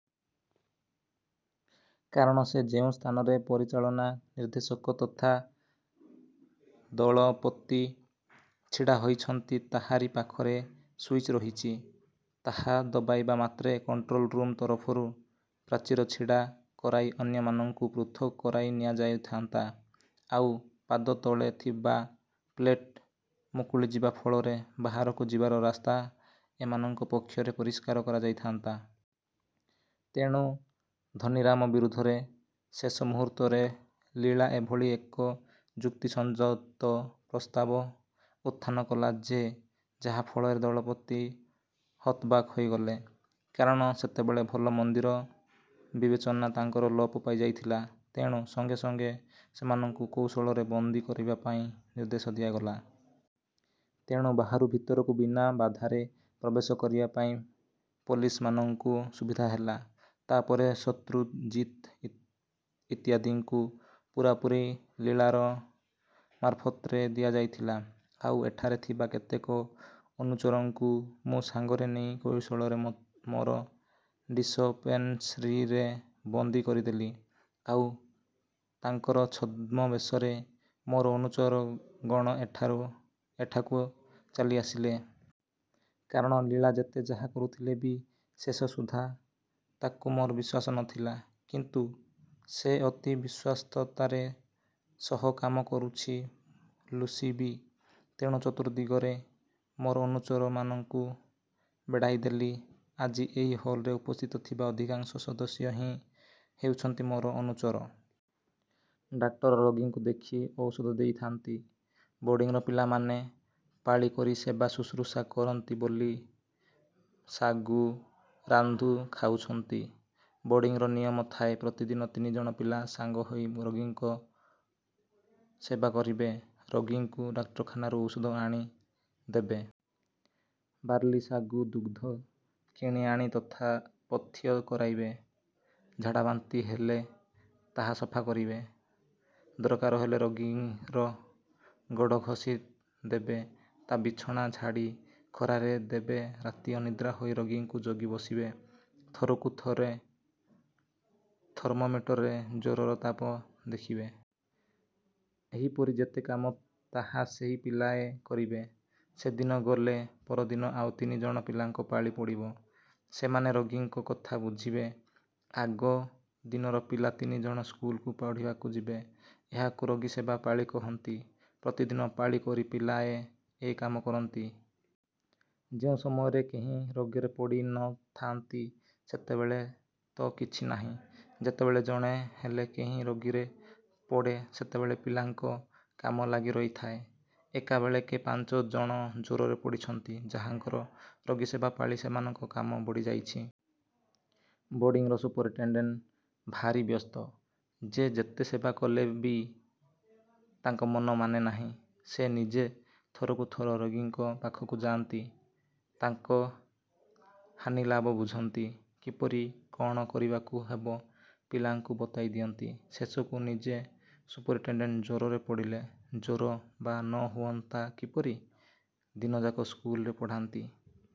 କାରଣ ସେ ଯେଉଁ ସ୍ଥାନରେ ପରିଚାଳନା ନିର୍ଦ୍ଦେଶକ ତଥା ଦଳପତି ଛିଡ଼ା ହୋଇଛନ୍ତି ତାହାରି ପାଖରେ ସୁଇଚ୍ ରହିଛି। ତାହା ଦବାଇବା ମାତ୍ରେ କଣ୍ଟ୍ରୋଲ୍ ରୁମ୍ ତରଫରୁ ପ୍ରାଚୀର ଛିଡ଼ା କରାଇ ଅନ୍ୟମାନଙ୍କୁ ପୃଥକ୍ କରାଇ ନିଆଯାଇଥାଆନ୍ତା। ଆଉ ପାଦତଳେ ଥିବା ପ୍ଲେଟ୍ ମୁକୁଳିଯିବା ଫଳରେ ବାହାରକୁ ଯିବାର ରାସ୍ତା ଏମାନଙ୍କ ପକ୍ଷରେ ପରିଷ୍କାର କରାଯାଇଥାଆନ୍ତା। ତେଣୁ ଧନୀରାମ ବିରୁଦ୍ଧରେ ଶେଷ ମୁହୂର୍ତ୍ତରେ ଲୀଳା ଏଭଳି ଏକ ଯୁକ୍ତିସଂଯତ ପ୍ରସ୍ତାବ ଉତ୍ଥାନ କଲା ଯେ ଯାହା ଫଳରେ ଦଳପତି ହତବାକ୍ ହୋଇଗଲେ। କାରଣ ସେତେବେଳେ ଭଲ ମନ୍ଦର ବିବେଚନା ତାଙ୍କର ଲୋପ ପାଇଯାଇଥିଲା। ତେଣୁ ସଙ୍ଗେ ସଙ୍ଗେ ସେମାନଙ୍କୁ କୌଶଳରେ ବନ୍ଦୀ କରିବା ପାଇଁ ନିର୍ଦ୍ଦେଶ ଦିଆଗଲା। ତେଣୁ ବାହାରୁ ଭିତରକୁ ବିନା ବାଧାରେ ପ୍ରବେଶ କରିବା ପାଇଁ ପୋଲିସମାନଙ୍କୁ ସୁବିଧା ହେଲା। ତା’ ପରେ ଶତ୍ରୁଜିତ୍ ଇତ୍ୟାଦିଙ୍କୁ ପୂରାପୂରି ଲୀଳାର ମାରଫତରେ ଦିଆଯାଇଥିଲା। ଆଉ ଏଠାରେ ଥିବା କେତେକ ଅନୁଚରଙ୍କୁ ମୁଁ ସାଙ୍ଗରେ ନେଇ କୌଶଳରେ ମୋର ଡିସପେନ୍ସରୀରେ ବନ୍ଦୀ କରିଦେଲି। ଆଉ ତାଙ୍କର ଛଦ୍ମବେଶରେ ମୋର ଅନୁଚରଗଣ ଏଠାକୁ ଚାଲିଆସିଲେ। କାରଣ ଲୀଳା ଯେତେ ଯାହା କରୁଥିଲେ ବି ଶେଷ ସୁଦ୍ଧା ତାକୁ ମୋର ବିଶ୍ୱାସ ନ ଥିଲା। କିନ୍ତୁ ସେ ଅତି ବିଶ୍ୱସ୍ତତାର ସହ କାମ କରିଛି ଲୁସି ବି। ତେଣୁ ଚତୁର୍ଦ୍ଦିଗରେ ମୋର ଅନୁଚରମାନଙ୍କୁ ବେଢ଼ାଇ ଦେଲି। ଆଜି ଏହି ହଲ୍‌ରେ ଉପସ୍ଥିତ ଥିବା ଅଧିକାଂଶ ସଦସ୍ୟ ହିଁ ହେଉଛନ୍ତି ମୋର ଅନୁଚର। ଡାକ୍ତର ରୋଗୀଙ୍କୁ ଦେଖି ଔଷଧ ଦେଉଥାଆନ୍ତି। ବୋର୍ଡିଂର ପିଲାମାନେ ପାଳି କରି ସେବା ଶୁଶ୍ରୂଷା କରନ୍ତି ବାର୍ଲି ସାଗୁ ରାନ୍ଧି ଖୁଆଉଥାଆନ୍ତି। ବୋର୍ଡିଂର ନିୟମ ଥାଏ ପ୍ରତିଦିନ ତିନି ଜଣ ପିଲା ସାଙ୍ଗ ହୋଇ ରୋଗୀମାନଙ୍କ ସେବା କରିବେ। ରୋଗୀଙ୍କୁ ଡାକ୍ତରଖାନାରୁ ଔଷଧ ଆଣି ଦେବେ। ବାର୍ଲି ସାଗୁ ଦୁଧ କିଣିଆଣି ପଥ୍ୟ କରାଇବେ। ଝାଡ଼ା ବାନ୍ତି ହେଲେ ତାହା ସଫା କରିବେ। ଦରକାର ହେଲେ ରୋଗୀର ଗୋଡ଼ ଘଷି ଦେବେ ତା’ ବିଛଣା ଝାଡ଼ି ଖରାରେ ଦେବେ ରାତି ଅନିଦ୍ରା ହୋଇ ରୋଗୀକୁ ଜଗି ବସିବେ ଥରକୁ ଥର ଥର୍ମୋମିଟରରେ ଜ୍ୱରର ତାପ ଦେଖିବେ। ଏହିପରି ଯେତେ କାମ ତାହା ସେହି ପିଲାଏ କରିବେ। ସେଦିନ ଗଲେ ପରଦିନ ଆଉ ତିନି ଜଣ ପିଲାଙ୍କର ପାଳି ପଡ଼ିବ। ସେମାନେ ରୋଗୀଙ୍କ କଥା ବୁଝିବେ ଆଗ ଦିନର ପିଲା ତିନି ଜଣ ସ୍କୁଲକୁ ପଢ଼ିବାକୁ ଯିବେ। ଏହାକୁ ରୋଗୀସେବା ପାଳି କହନ୍ତି। ପ୍ରତିଦିନ ପାଳି କରି ପିଲାଏ ଏ କାମ କରନ୍ତି। ଯେଉଁ ସମୟରେ କେହି ରୋଗରେ ପଡ଼ି ନ ଥାନ୍ତି ସେତେବେଳେ ତ କିଛି ନାହିଁ। ଯେତେବେଳେ ଜଣେ ହେଲେ କେହି ରୋଗରେ ପଡ଼େ ସେତେବେଳେ ପିଲାଙ୍କ କାମ ଲାଗି ରହିଥାଏ। ଏକାବେଳକେ ପାଞ୍ଚ ଜଣ ଜ୍ୱରରେ ପଡ଼ିଛନ୍ତି। ଯାହାଙ୍କର ରୋଗୀସେବା ପାଳି ସେମାନଙ୍କ କାମ ବଢ଼ିଯାଇଛି। ବୋର୍ଡିଂର ସୁପରିଣ୍ଟେଣ୍ଡେଣ୍ଟ ଭାରି ବ୍ୟସ୍ତ। ଯେ ଯେତେ ସେବା କଲେ ବି ତାଙ୍କ ମନ ମାନେ ନାହିଁ। ସେ ନିଜେ ଥରକୁ ଥର ରୋଗୀଙ୍କ ପାଖକୁ ଯାଆନ୍ତି। ତାଙ୍କ ହାନିଲାଭ ବୁଝନ୍ତି। କିପରି କ’ଣ କରିବାକୁ ହେବ ପିଲାଙ୍କୁ ବତାଇ ଦିଅନ୍ତି। ଶେଷକୁ ନିଜେ ସୁପରିଣ୍ଟେଣ୍ଡେଣ୍ଟ ଜ୍ୱରରେ ପଡ଼ିଲେ। ଜ୍ୱର ବା ନ ହୁଅନ୍ତା କିପରି? ଦିନଯାକ ସ୍କୁଲରେ ପଢ଼ାନ୍ତି।